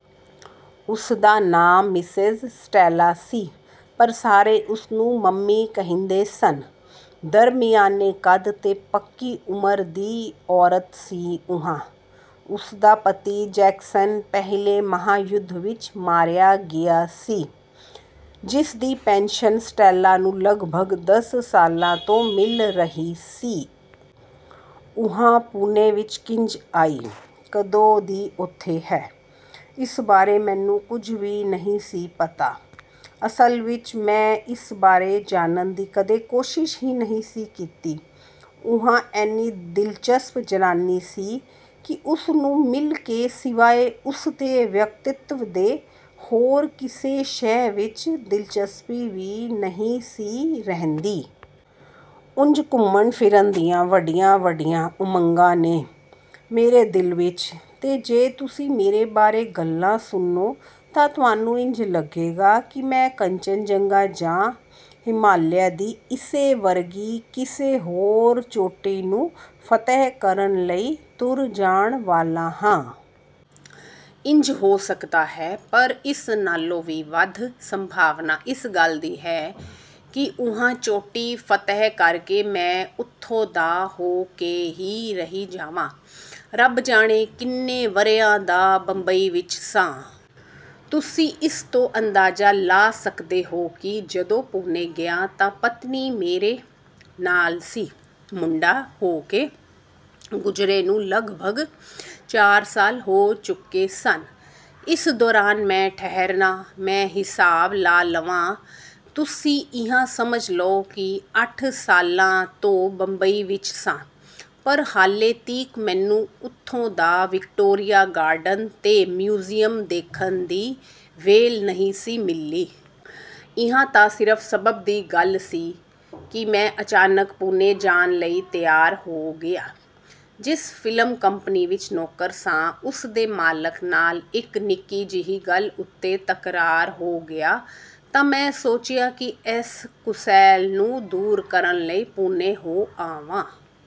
ਉਸਦਾ ਨਾਂ Mrs Stella ਸੀ, ਪਰ ਸਾਰੇ ਉਸਨੂੰ ਮੰਮੀ ਕਹਿੰਦੇ ਸਨ। ਦਰਮਿਆਨੇ ਕੱਦ ਤੇ ਪੱਕੀ ਉਮਰ ਦੀ ਔਰਤ ਸੀ ਉਹ। ਉਸਦਾ ਪਤੀ ਜੈਕਸਨ ਪਹਿਲੇ ਮਹਾ-ਯੁੱਧ ਵਿਚ ਮਾਰਿਆ ਗਿਆ ਸੀ। ਜਿਸਦੀ ਪੈਨਸ਼ਨ ਸਟੈਲਾ ਨੂੰ ਲਗਭਗ ਦਸ ਸਾਲਾਂ ਤੋਂ ਮਿਲ ਰਹੀ ਸੀ। ਉਹ ਪੂਨੇ ਵਿਚ ਕਿੰਜ ਆਈ?, ਕਦੋਂ ਦੀ ਉੱਥੇ ਹੈ?, ਇਸ ਬਾਰੇ ਮੈਨੂੰ ਕੁਝ ਵੀ ਨਹੀਂ ਸੀ ਪਤਾ। ਅਸਲ ਵਿਚ ਮੈਂ ਇਸ ਬਾਰੇ ਜਾਣਨ ਦੀ ਕਦੀ ਕੋਸ਼ਿਸ਼ ਹੀ ਨਹੀਂ ਸੀ ਕੀਤੀ। ਉਹ ਏਨੀ ਦਿਲਚਸਪ ਜਨਾਨੀ ਸੀ ਕਿ ਉਸਨੂੰ ਮਿਲ ਕੇ ਸਿਵਾਏ ਉਸਦੇ ਵਿਅੱਕਤੀਤਵ ਦੇ ਹੋਰ ਕਿਸੇ ਸ਼ੈ ਵਿਚ ਦਿਲਚਸਪੀ ਵੀ ਨਹੀਂ ਸੀ ਰਹਿੰਦੀ। ਉਂਜ ਘੁੰਮਣ-ਫਿਰਨ ਦੀਆਂ ਵੱਡੀਆਂ-ਵੱਡੀਆਂ ਉਮੰਗਾਂ ਨੇ ਮੇਰੇ ਦਿਲ ਵਿਚ, ਤੇ ਜੇ ਤੁਸੀਂ ਮੇਰੇ ਬਾਰੇ ਗੱਲਾਂ ਸੁਣੋ ਤਾਂ ਤੁਹਾਨੂੰ ਇੰਜ ਲੱਗੇਗਾ ਕਿ ਮੈਂ ਕੰਚਨਜੰਗਾ ਜਾਂ ਹਿਮਾਲਿਆ ਦੀ ਇਸੇ ਵਰਗੀ ਕਿਸੇ ਹੋਰ ਚੋਟੀ ਨੂੰ ਫਤਿਹ ਕਰਨ ਲਈ ਤੁਰ ਜਾਣ ਵਾਲਾ ਹਾਂ। ਇੰਜ ਹੋ ਸਕਦਾ ਹੈ, ਪਰ ਇਸ ਨਾਲੋਂ ਵੀ ਵਧ ਸੰਭਾਵਨਾ ਇਸ ਗੱਲ ਦੀ ਹੈ ਕਿ ਉਹ ਚੋਟੀ ਫਤਿਹ ਕਰਕੇ ਮੈਂ ਉੱਥੋਂ ਦਾ ਹੋ ਕੇ ਹੀ ਰਹਿ ਜਾਵਾਂ। ਰੱਬ ਜਾਣੇ ਕਿੰਨੇ ਵਰ੍ਹਿਆਂ ਦਾ ਬੰਬਈ ਵਿਚ ਸਾਂ। ਤੁਸੀਂ ਇਸ ਤੋਂ ਅੰਦਾਜ਼ਾ ਲਾ ਸਕਦੇ ਹੋ ਕਿ ਜਦੋਂ ਪੂਨੇ ਗਿਆ ਤਾਂ ਪਤਨੀ ਮੇਰੇ ਨਾਲ ਸੀ। ਮੁੰਡਾ ਹੋ ਕੇ ਗੁਜਰੇ ਨੂੰ ਲਗਭਗ ਚਾਰ ਸਾਲ ਹੋ ਚੁੱਕੇ ਸਨ। ਇਸ ਦੌਰਾਨ ਮੈਂ ਠਹਿਰਨਾ, ਮੈਂ ਹਿਸਾਬ ਲਾ ਲਵਾਂ, ਤੁਸੀਂ ਇਹ ਸਮਝ ਲਓ ਕਿ ਅੱਠ ਸਾਲਾਂ ਤੋਂ ਬੰਬਈ ਵਿਚ ਸਾਂ, ਪਰ ਹਾਲੇ ਤੀਕ ਮੈਨੂੰ ਉੱਥੋਂ ਦਾ ਵਿਕਟੋਰੀਆ ਗਾਰਡਨ ਤੇ ਮਿਊਜ਼ਿਅਮ ਦੇਖਣ ਦੀ ਵਿਹਲ ਨਹੀਂ ਸੀ ਮਿਲੀ। ਇਹ ਤਾਂ ਸਿਰਫ ਸਬੱਬ ਦੀ ਗੱਲ ਸੀ ਕਿ ਮੈਂ ਅਚਾਨਕ ਪੂਨੇ ਜਾਣ ਲਈ ਤਿਆਰ ਹੋ ਗਿਆ। ਜਿਸ ਫ਼ਿਲਮ ਕੰਪਨੀ ਵਿਚ ਨੌਕਰ ਸਾਂ, ਉਸਦੇ ਮਾਲਕ ਨਾਲ ਇਕ ਨਿੱਕੀ-ਜਿਹੀ ਗੱਲ ਉੱਤੇ ਤਕਰਾਰ ਹੋ ਗਿਆ ਤਾਂ ਮੈਂ ਸੋਚਿਆ ਕਿ ਏਸ ਕੁਸੈਲ ਨੂੰ ਦੂਰ ਕਰਨ ਲਈ ਪੂਨੇ ਹੋ ਆਵਾਂ।